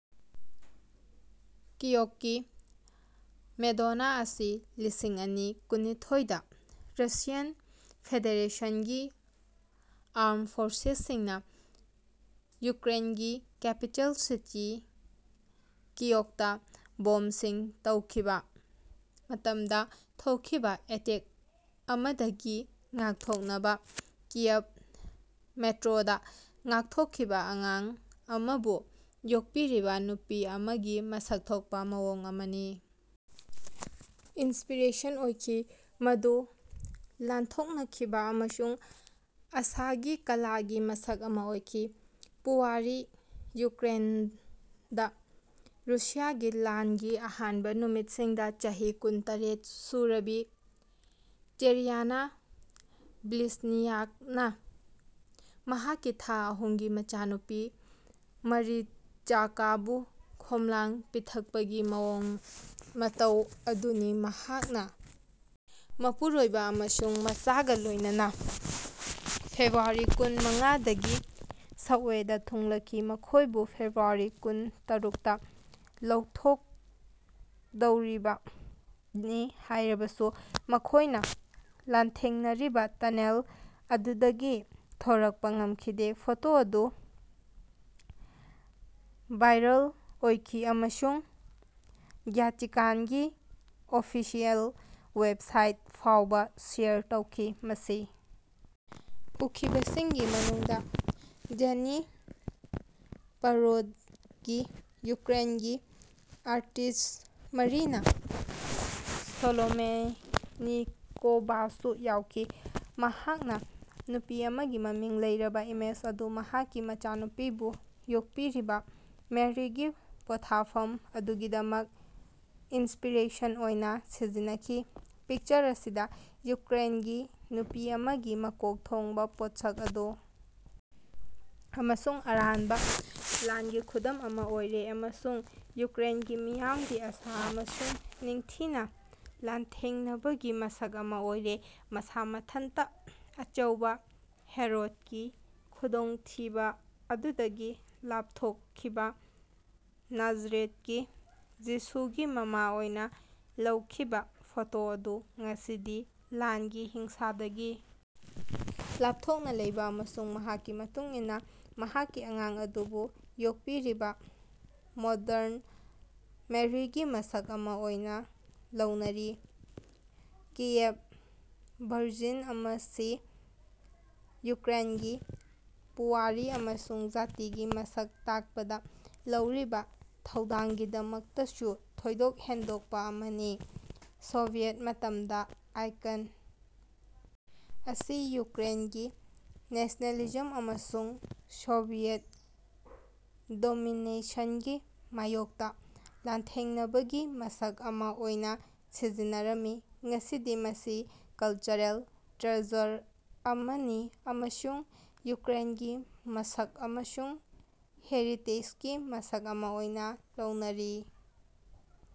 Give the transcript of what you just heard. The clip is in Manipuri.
ꯀꯤꯌꯦꯛꯀꯤ ꯃꯦꯗꯣꯅꯥ ꯑꯁꯤ ꯂꯤꯁꯤꯡ ꯑꯅꯤ ꯀꯨꯟꯅꯤꯊꯣꯏꯗꯥ ꯔꯁꯤꯌꯥꯟ ꯐꯦꯗꯦꯔꯦꯁꯟꯒꯤ ꯑꯥꯔꯝ ꯐꯣꯔꯁꯁꯤꯡꯅꯥ ꯌꯨꯀ꯭ꯔꯦꯟꯒꯤ ꯀꯦꯄꯤꯇꯦꯜ ꯁꯤꯇꯤ ꯀꯤꯌꯦꯛꯇꯥ ꯕꯣꯝꯕꯤꯡ ꯇꯧꯈꯤꯕꯥ ꯃꯇꯝꯗꯥ ꯊꯣꯛꯈꯤꯕꯥ ꯑꯦꯇꯦꯛ ꯑꯃꯗꯒꯤ ꯉꯥꯛꯊꯣꯛꯅꯕꯥ ꯀꯤꯌꯕ ꯃꯦꯇ꯭ꯔꯣꯗꯥ ꯉꯥꯛꯊꯣꯛꯈꯤꯕꯥ ꯑꯉꯥꯡ ꯑꯃꯕꯨ ꯌꯣꯛꯄꯤꯔꯤꯕꯥ ꯅꯨꯄꯤ ꯑꯃꯒꯤ ꯃꯁꯛ ꯊꯣꯛꯄꯥ ꯃꯑꯣꯡ ꯑꯃꯅꯤ꯫ ꯏꯟꯁꯄꯤꯔꯦꯁꯟ ꯑꯣꯏꯈꯤ ꯃꯗꯨ ꯂꯥꯟꯊꯦꯡꯅꯈꯤꯕꯥ ꯑꯃꯁꯨꯡ ꯑꯥꯁꯥꯒꯤ ꯀꯂꯥꯒꯤ ꯃꯁꯛ ꯑꯃꯥ ꯑꯣꯏꯈꯤ꯫ ꯄꯨꯋꯥꯔꯤ ꯌꯨꯀ꯭ꯔꯦꯟꯗꯥ ꯔꯨꯁꯤꯌꯥꯒꯤ ꯂꯥꯟꯒꯤ ꯑꯍꯥꯟꯕꯥ ꯅꯨꯃꯤꯠꯁꯤꯡꯗꯥ ꯆꯍꯤ ꯀꯨꯟ ꯇꯔꯦꯠ ꯁꯨꯔꯕꯤ ꯇꯦꯔꯤꯌꯥꯅꯥ ꯕ꯭ꯂꯤꯖꯅꯤꯌꯥꯛꯅꯥ ꯃꯍꯥꯛꯀꯤ ꯊꯥ ꯑꯍꯨꯝꯒꯤ ꯃꯆꯥꯅꯨꯄꯤ ꯃꯔꯤꯆꯀꯥꯕꯨ ꯈꯣꯝꯂꯥꯡ ꯄꯤꯊꯛꯄꯒꯤ ꯃꯑꯣꯡ ꯃꯇꯧ ꯑꯗꯨꯅꯤ ꯃꯍꯥꯛꯅꯥ ꯃꯄꯨꯔꯣꯏꯕꯥ ꯑꯃꯁꯨꯡ ꯃꯆꯥꯒꯥ ꯂꯣꯏꯅꯅꯥ ꯐꯦꯕ꯭ꯔꯨꯋꯥꯔꯤ ꯀꯨꯟ ꯃꯉꯥꯗꯒꯤ ꯁꯕꯋꯦꯗꯥ ꯊꯨꯡꯂꯈꯤ ꯃꯈꯣꯏꯕꯨ ꯐꯦꯕ꯭ꯔꯨꯋꯥꯔꯤ ꯀꯨꯟ ꯇꯔꯨꯛꯇꯥ ꯂꯧꯊꯣꯛꯛꯗꯧꯔꯤꯕꯅꯤ ꯍꯥꯏꯔꯕꯁꯨ ꯃꯈꯣꯏꯅꯥ ꯂꯥꯟꯊꯦꯡꯅꯔꯤꯕꯥ ꯇꯅꯦꯜ ꯑꯗꯨꯗꯒꯤ ꯊꯣꯔꯛꯄꯥ ꯉꯝꯈꯤꯗꯦ꯫ ꯐꯣꯇꯣ ꯑꯗꯨ ꯚꯥꯏꯔꯜ ꯑꯣꯏꯈꯤ ꯑꯃꯁꯨꯡ ꯚ꯭ꯌꯥꯇꯤꯀꯥꯟꯒꯤ ꯑꯣꯐꯤꯁꯤꯑꯦꯜ ꯋꯦꯕꯁꯥꯏꯠ ꯐꯥꯎꯕꯥ ꯁꯦꯌꯔ ꯇꯧꯈꯤ꯫ ꯃꯁꯤ ꯎꯈꯤꯕꯁꯤꯡꯒꯤ ꯃꯅꯨꯡꯗꯥ ꯗ꯭ꯅꯤꯄꯔꯣꯗꯒꯤ ꯌꯨꯀ꯭ꯔꯦꯟꯒꯤ ꯑꯥꯔꯇꯤꯁ꯭ꯠ ꯃꯔꯤꯅꯥ ꯁꯣꯂꯣꯃꯦꯅꯤꯀꯣꯚꯥꯁꯨ ꯌꯥꯎꯈꯤ꯫ ꯃꯍꯥꯛꯅꯥ ꯅꯨꯄꯤ ꯑꯃꯒꯤ ꯃꯃꯤꯡ ꯂꯩꯔꯕꯥ ꯏꯃꯦꯖ ꯑꯗꯨ ꯃꯍꯥꯛꯀꯤ ꯃꯆꯥꯅꯨꯄꯤꯕꯨ ꯌꯣꯛꯄꯤꯔꯤꯕꯥ ꯃꯦꯔꯤꯒꯤ ꯄꯣꯠꯊꯥꯐꯝ ꯑꯗꯨꯒꯤꯗꯃꯛ ꯏꯟꯁꯄꯤꯔꯦꯁꯟ ꯑꯣꯏꯅꯥ ꯁꯤꯖꯤꯟꯅꯈꯤ꯫ ꯄꯤꯛꯆꯔ ꯑꯁꯤꯗꯥ ꯌꯨꯀ꯭ꯔꯦꯟꯒꯤ ꯅꯨꯄꯤ ꯑꯃꯒꯤ ꯃꯀꯣꯛ ꯊꯣꯡꯕꯥ ꯄꯣꯠꯁꯛ ꯑꯗꯨ ꯑꯃꯁꯨꯡ ꯑꯔꯥꯟꯕꯥ ꯂꯥꯟꯒꯤ ꯈꯨꯗꯝ ꯑꯃꯥ ꯑꯣꯏꯔꯦ ꯑꯃꯁꯨꯡ ꯌꯨꯀ꯭ꯔꯦꯟꯒꯤ ꯃꯤꯌꯥꯝꯒꯤ ꯑꯥꯁꯥ ꯑꯃꯁꯨꯡ ꯅꯤꯡꯊꯤꯅꯥ ꯂꯥꯟꯊꯦꯡꯅꯕꯒꯤ ꯃꯁꯛ ꯑꯃꯥ ꯑꯣꯏꯔꯦ꯫ ꯃꯁꯥ ꯃꯊꯟꯇꯥ ꯑꯆꯧꯕꯥ ꯍꯦꯔꯣꯗꯀꯤ ꯈꯨꯗꯣꯡꯊꯤꯕꯥ ꯑꯗꯨꯗꯒꯤ ꯂꯥꯞꯊꯣꯀꯈꯤꯕꯥ ꯅꯥꯖꯔꯦꯠꯀꯤ ꯌꯤꯁꯨꯒꯤ ꯃꯃꯥ ꯑꯣꯏꯅꯥ ꯂꯧꯈꯤꯕꯥ ꯐꯣꯇꯣ ꯑꯗꯨ ꯉꯁꯤꯗꯤ ꯂꯥꯟꯒꯤ ꯍꯤꯡꯁꯥꯗꯒꯤ ꯂꯥꯞꯊꯣꯛꯅꯥ ꯂꯩꯕꯥ ꯑꯃꯁꯨꯡ ꯃꯍꯥꯛꯀꯤ ꯃꯇꯨꯡ ꯏꯟꯅꯥ ꯃꯍꯥꯛꯀꯤ ꯑꯉꯥꯡ ꯑꯗꯨꯕꯨ ꯌꯣꯛꯄꯤꯔꯤꯕꯥ ꯃꯣꯗꯔꯟ ꯃꯦꯔꯤꯒꯤ ꯃꯁꯛ ꯑꯃꯥ ꯑꯣꯏꯅꯥ ꯂꯧꯅꯔꯤ꯫ ꯀꯤꯌꯦꯛ ꯚꯔꯖꯤꯟ ꯑꯁꯤ ꯌꯨꯀ꯭ꯔꯦꯟꯒꯤ ꯄꯨꯋꯥꯔꯤ ꯑꯃꯁꯨꯡ ꯖꯥꯇꯤꯒꯤ ꯃꯁꯛ ꯇꯥꯛꯄꯗꯥ ꯂꯧꯔꯤꯕꯥ ꯊꯧꯗꯥꯡꯒꯤꯗꯃꯛꯇꯁꯨ ꯊꯣꯏꯗꯣꯛ ꯍꯦꯟꯗꯣꯛꯄꯥ ꯑꯃꯅꯤ꯫ ꯁꯣꯚꯤꯌꯦꯠ ꯃꯇꯝꯗꯥ ꯑꯥꯏꯀꯟ ꯑꯁꯤ ꯌꯨꯀ꯭ꯔꯦꯟꯒꯤ ꯅꯦꯁꯅꯦꯂꯤꯖꯝ ꯑꯃꯁꯨꯡ ꯁꯣꯚꯤꯌꯦꯠ ꯗꯣꯃꯤꯅꯦꯁꯟꯒꯤ ꯃꯥꯌꯣꯛꯇꯥ ꯂꯥꯟꯊꯦꯡꯅꯕꯒꯤ ꯃꯁꯛ ꯑꯃꯥ ꯑꯣꯏꯅꯥ ꯁꯤꯖꯤꯟꯅꯔꯝꯃꯤ꯫ ꯉꯁꯤꯗꯤ ꯃꯁꯤ ꯀꯂꯆꯔꯦꯜ ꯇ꯭ꯔꯦꯖꯔ ꯑꯃꯅꯤ ꯑꯃꯁꯨꯡ ꯌꯨꯀ꯭ꯔꯦꯟꯒꯤ ꯃꯁꯛ ꯑꯃꯁꯨꯡ ꯍꯦꯔꯤꯇꯦꯖꯒꯤ ꯃꯁꯛ ꯑꯃꯥ ꯑꯣꯏꯅꯥ ꯂꯧꯅꯔꯤ꯫